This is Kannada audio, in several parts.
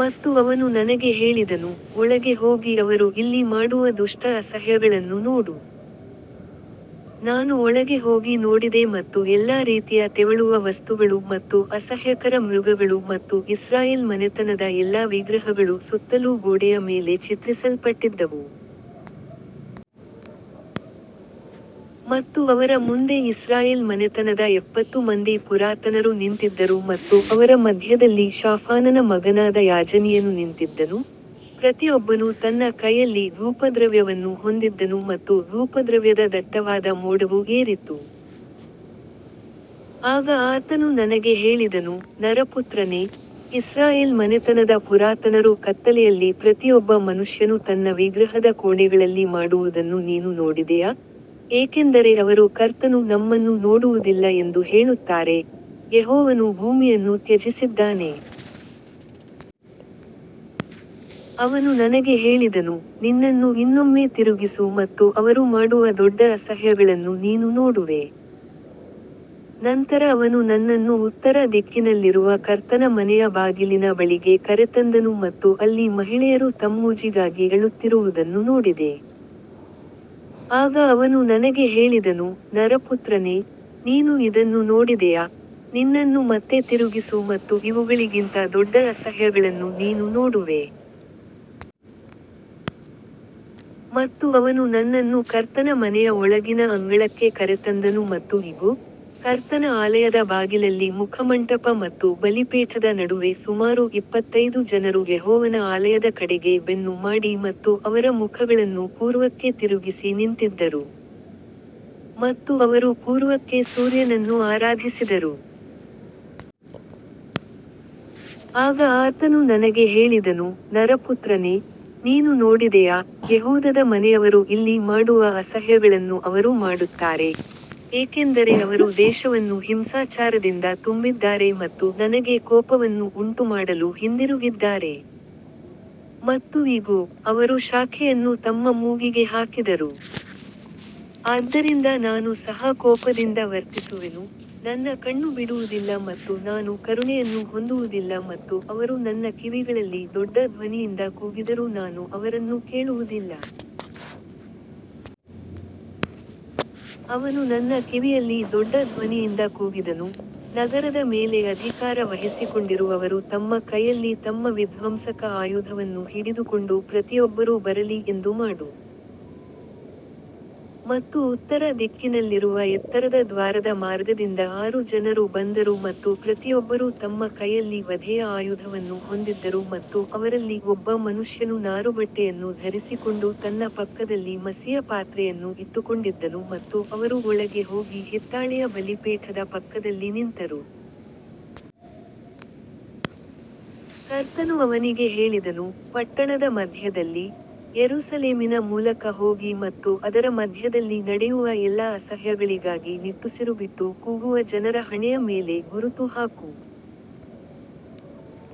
ಮತ್ತು ಅವನು ನನಗೆ ಹೇಳಿದನು, ಒಳಗೆ ಹೋಗಿ ಅವರು ಇಲ್ಲಿ ಮಾಡುವ ದುಷ್ಟ ಅಸಹ್ಯಗಳನ್ನು ನೋಡು. ನಾನು ಒಳಗೆ ಹೋಗಿ ನೋಡಿದೆ ಮತ್ತು ಎಲ್ಲಾ ರೀತಿಯ ತೆವಳುವ ವಸ್ತುಗಳು ಮತ್ತು ಅಸಹ್ಯಕರ ಮೃಗಗಳು ಮತ್ತು ಇಸ್ರಾಯೇಲ್ ಮನೆತನದ ಎಲ್ಲಾ ವಿಗ್ರಹಗಳು ಸುತ್ತಲೂ ಗೋಡೆಯ ಮೇಲೆ ಚಿತ್ರಿಸಲ್ಪಟ್ಟಿದ್ದವು. ಮತ್ತು ಅವರ ಮುಂದೆ ಇಸ್ರಾಯೇಲ್ ಮನೆತನದ ಎಪ್ಪತ್ತು ಮಂದಿ ಪುರಾತನರು ನಿಂತಿದ್ದರು ಮತ್ತು ಅವರ ಮಧ್ಯದಲ್ಲಿ ಶಾಫಾನನ ಮಗನಾದ ಯಾಜನೀಯನು ನಿಂತಿದ್ದನು, ಪ್ರತಿಯೊಬ್ಬನು ತನ್ನ ಕೈಯಲ್ಲಿ ಧೂಪದ್ರವ್ಯವನ್ನು ಹೊಂದಿದ್ದನು ಮತ್ತು ಧೂಪದ್ರವ್ಯದ ದಟ್ಟವಾದ ಮೋಡವು ಏರಿತು. ಆಗ ಆತನು ನನಗೆ ಹೇಳಿದನು, ನರಪುತ್ರನೇ, ಇಸ್ರಾಯೇಲ್ ಮನೆತನದ ಪುರಾತನರು ಕತ್ತಲೆಯಲ್ಲಿ ಪ್ರತಿಯೊಬ್ಬ ಮನುಷ್ಯನು ತನ್ನ ವಿಗ್ರಹದ ಕೋಣೆಗಳಲ್ಲಿ ಮಾಡುವುದನ್ನು ನೀನು ನೋಡಿದೆಯಾ, ಏಕೆಂದರೆ ಅವರು ಕರ್ತನು ನಮ್ಮನ್ನು ನೋಡುವುದಿಲ್ಲ ಎಂದು ಹೇಳುತ್ತಾರೆ, ಯೆಹೋವನು ಭೂಮಿಯನ್ನು ತ್ಯಜಿಸಿದ್ದಾನೆ. ಅವನು ನನಗೆ ಹೇಳಿದನು, ನಿನ್ನನ್ನು ಇನ್ನೊಮ್ಮೆ ತಿರುಗಿಸು ಮತ್ತು ಅವರು ಮಾಡುವ ದೊಡ್ಡ ಅಸಹ್ಯಗಳನ್ನು ನೀನು ನೋಡುವೆ. ನಂತರ ಅವನು ನನ್ನನ್ನು ಉತ್ತರ ದಿಕ್ಕಿನಲ್ಲಿರುವ ಕರ್ತನ ಮನೆಯ ಬಾಗಿಲಿನ ಬಳಿಗೆ ಕರೆತಂದನು ಮತ್ತು ಅಲ್ಲಿ ಮಹಿಳೆಯರು ತಮ್ಮೂಜಿಗಾಗಿ ಅಳುತ್ತಿರುವುದನ್ನು ನೋಡಿದೆ. ಆಗ ಅವನು ನನಗೆ ಹೇಳಿದನು, ನರಪುತ್ರನೇ, ನೀನು ಇದನ್ನು ನೋಡಿದೆಯಾ, ನಿನ್ನನ್ನು ಮತ್ತೆ ತಿರುಗಿಸು ಮತ್ತು ಇವುಗಳಿಗಿಂತ ದೊಡ್ಡ ಅಸಹ್ಯಗಳನ್ನು ನೀನು ನೋಡುವೆ. ಮತ್ತು ಅವನು ನನ್ನನ್ನು ಕರ್ತನ ಮನೆಯ ಒಳಗಿನ ಅಂಗಳಕ್ಕೆ ಕರೆತಂದನು ಮತ್ತು ಇಗೋ, ಕರ್ತನ ಆಲಯದ ಬಾಗಿಲಲ್ಲಿ ಮುಖಮಂಟಪ ಮತ್ತು ಬಲಿಪೀಠದ ನಡುವೆ ಸುಮಾರು ಇಪ್ಪತ್ತೈದು ಜನರು ಯೆಹೋವನ ಆಲಯದ ಕಡೆಗೆ ಬೆನ್ನು ಮಾಡಿ ಮತ್ತು ಅವರ ಮುಖಗಳನ್ನು ಪೂರ್ವಕ್ಕೆ ತಿರುಗಿಸಿ ನಿಂತಿದ್ದರು. ಮತ್ತು ಅವರು ಪೂರ್ವಕ್ಕೆ ಸೂರ್ಯನನ್ನು ಆರಾಧಿಸಿದರು. ಆಗ ಆತನು ನನಗೆ ಹೇಳಿದನು, ನರಪುತ್ರನೇ, ನೀನು ನೋಡಿದೆಯಾ, ಯೆಹೂದದ ಮನೆಯವರು ಇಲ್ಲಿ ಮಾಡುವ ಅಸಹ್ಯಗಳನ್ನು ಅವರು ಮಾಡುತ್ತಾರೆ, ಏಕೆಂದರೆ ಅವರು ದೇಶವನ್ನು ಹಿಂಸಾಚಾರದಿಂದ ತುಂಬಿದ್ದಾರೆ ಮತ್ತು ನನಗೆ ಕೋಪವನ್ನು ಉಂಟುಮಾಡಲು ಹಿಂದಿರುಗಿದ್ದಾರೆ. ಮತ್ತು ಇಗೋ, ಅವರು ಶಾಖೆಯನ್ನು ತಮ್ಮ ಮೂಗಿಗೆ ಹಾಕಿದರು. ಆದ್ದರಿಂದ ನಾನು ಸಹ ಕೋಪದಿಂದ ವರ್ತಿಸುವೆನು, ನನ್ನ ಕಣ್ಣು ಬಿಡುವುದಿಲ್ಲ ಮತ್ತು ನಾನು ಕರುಣೆಯನ್ನು ಹೊಂದುವುದಿಲ್ಲ ಮತ್ತು ಅವರು ನನ್ನ ಕಿವಿಗಳಲ್ಲಿ ದೊಡ್ಡ ಧ್ವನಿಯಿಂದ ಕೂಗಿದರೂ ನಾನು ಅವರನ್ನು ಕೇಳುವುದಿಲ್ಲ. ಅವನು ನನ್ನ ಕಿವಿಯಲ್ಲಿ ದೊಡ್ಡ ಧ್ವನಿಯಿಂದ ಕೂಗಿದನು, ನಗರದ ಮೇಲೆ ಅಧಿಕಾರ ವಹಿಸಿಕೊಂಡಿರುವವರು ತಮ್ಮ ಕೈಯಲ್ಲಿ ತಮ್ಮ ವಿಧ್ವಂಸಕ ಆಯುಧವನ್ನು ಹಿಡಿದುಕೊಂಡು ಪ್ರತಿಯೊಬ್ಬರೂ ಬರಲಿ ಎಂದು ಮಾಡು. ಮತ್ತು ಉತ್ತರ ದಿಕ್ಕಿನಲ್ಲಿರುವ ಎತ್ತರದ ದ್ವಾರದ ಮಾರ್ಗದಿಂದ ಆರು ಜನರು ಬಂದರು ಮತ್ತು ಪ್ರತಿಯೊಬ್ಬರೂ ತಮ್ಮ ಕೈಯಲ್ಲಿ ವಧೆಯ ಆಯುಧವನ್ನು ಹೊಂದಿದ್ದರು ಮತ್ತು ಅವರಲ್ಲಿ ಒಬ್ಬ ಮನುಷ್ಯನು ನಾರುಬಟ್ಟೆಯನ್ನು ಧರಿಸಿಕೊಂಡು ತನ್ನ ಪಕ್ಕದಲ್ಲಿ ಮಸಿಯ ಪಾತ್ರೆಯನ್ನು ಇಟ್ಟುಕೊಂಡಿದ್ದನು ಮತ್ತು ಅವರು ಒಳಗೆ ಹೋಗಿ ಹಿತ್ತಾಳೆಯ ಬಲಿಪೀಠದ ಪಕ್ಕದಲ್ಲಿ ನಿಂತರು. ಕರ್ತನು ಅವನಿಗೆ ಹೇಳಿದನು, ಪಟ್ಟಣದ ಮಧ್ಯದಲ್ಲಿ, ಯೆರೂಸಲೇಮಿನ ಮೂಲಕ ಹೋಗಿ ಮತ್ತು ಅದರ ಮಧ್ಯದಲ್ಲಿ ನಡೆಯುವ ಎಲ್ಲಾ ಅಸಹ್ಯಗಳಿಗಾಗಿ ನಿಟ್ಟುಸಿರುಬಿಟ್ಟು ಕೂಗುವ ಜನರ ಹಣೆಯ ಮೇಲೆ ಗುರುತು ಹಾಕು.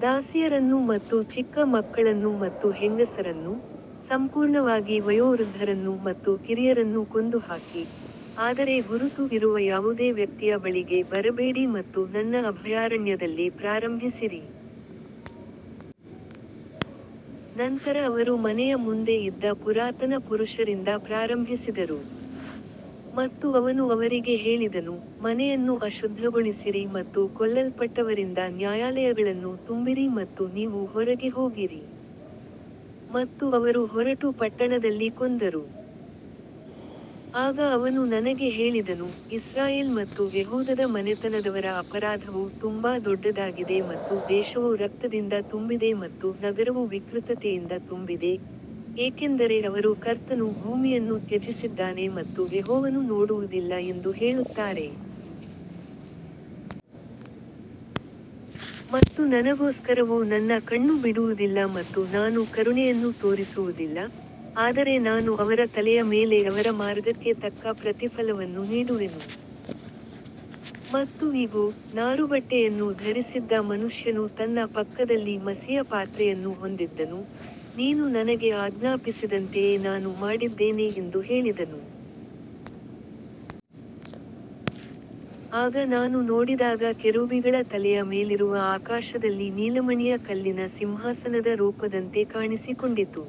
ದಾಸಿಯರನ್ನು ಮತ್ತು ಚಿಕ್ಕ ಮಕ್ಕಳನ್ನು ಮತ್ತು ಹೆಂಗಸರನ್ನು, ಸಂಪೂರ್ಣವಾಗಿ ವಯೋವೃದ್ಧರನ್ನು ಮತ್ತು ಕಿರಿಯರನ್ನು ಕೊಂದುಹಾಕಿ, ಆದರೆ ಗುರುತು ಇರುವ ಯಾವುದೇ ವ್ಯಕ್ತಿಯ ಬಳಿಗೆ ಬರಬೇಡಿ ಮತ್ತು ನನ್ನ ಅಭಯಾರಣ್ಯದಲ್ಲಿ ಪ್ರಾರಂಭಿಸಿರಿ. ನಂತರ ಅವರು ಮನೆಯ ಮುಂದೆ ಇದ್ದ ಪುರಾತನ ಪುರುಷರಿಂದ ಪ್ರಾರಂಭಿಸಿದರು. ಮತ್ತು ಅವನು ಅವರಿಗೆ ಹೇಳಿದನು, ಮನೆಯನ್ನು ಅಶುದ್ಧಗೊಳಿಸಿರಿ ಮತ್ತು ಕೊಲ್ಲಲ್ಪಟ್ಟವರಿಂದ ನ್ಯಾಯಾಲಯಗಳನ್ನು ತುಂಬಿರಿ ಮತ್ತು ನೀವು ಹೊರಗೆ ಹೋಗಿರಿ. ಮತ್ತು ಅವರು ಹೊರಟು ಪಟ್ಟಣದಲ್ಲಿ ಕೊಂದರು. ಆಗ ಅವನು ನನಗೆ ಹೇಳಿದನು, ಇಸ್ರಾಯೇಲ್ ಮತ್ತು ಯೆಹೂದದ ಮನೆತನದವರ ಅಪರಾಧವು ತುಂಬಾ ದೊಡ್ಡದಾಗಿದೆ ಮತ್ತು ದೇಶವು ರಕ್ತದಿಂದ ತುಂಬಿದೆ ಮತ್ತು ನಗರವು ವಿಕೃತತೆಯಿಂದ ತುಂಬಿದೆ, ಏಕೆಂದರೆ ಅವರು ಕರ್ತನು ಭೂಮಿಯನ್ನು ತ್ಯಜಿಸಿದ್ದಾನೆ ಮತ್ತು ಯೆಹೋವನು ನೋಡುವುದಿಲ್ಲ ಎಂದು ಹೇಳುತ್ತಾರೆ. ಮತ್ತು ನನಗೋಸ್ಕರವೂ ನನ್ನ ಕಣ್ಣು ಬಿಡುವುದಿಲ್ಲ ಮತ್ತು ನಾನು ಕರುಣೆಯನ್ನು ತೋರಿಸುವುದಿಲ್ಲ, ಆದರೆ ನಾನು ಅವರ ತಲೆಯ ಮೇಲೆ ಅವರ ಮಾರ್ಗಕ್ಕೆ ತಕ್ಕ ಪ್ರತಿಫಲವನ್ನು ನೀಡುವೆನು. ಮತ್ತು ಇಗೋ, ನಾರುಬಟ್ಟೆಯನ್ನು ಧರಿಸಿದ್ದ ಮನುಷ್ಯನು ತನ್ನ ಪಕ್ಕದಲ್ಲಿ ಮಸಿಯ ಪಾತ್ರೆಯನ್ನು ಹೊಂದಿದ್ದನು, ನೀನು ನನಗೆ ಆಜ್ಞಾಪಿಸಿದಂತೆಯೇ ನಾನು ಮಾಡಿದ್ದೇನೆ ಎಂದು ಹೇಳಿದನು. ಆಗ ನಾನು ನೋಡಿದಾಗ ಕೆರೂಬಿಗಳ ತಲೆಯ ಮೇಲಿರುವ ಆಕಾಶದಲ್ಲಿ ನೀಲಮಣಿಯ ಕಲ್ಲಿನ ಸಿಂಹಾಸನದ ರೂಪದಂತೆ ಕಾಣಿಸಿಕೊಂಡಿತು.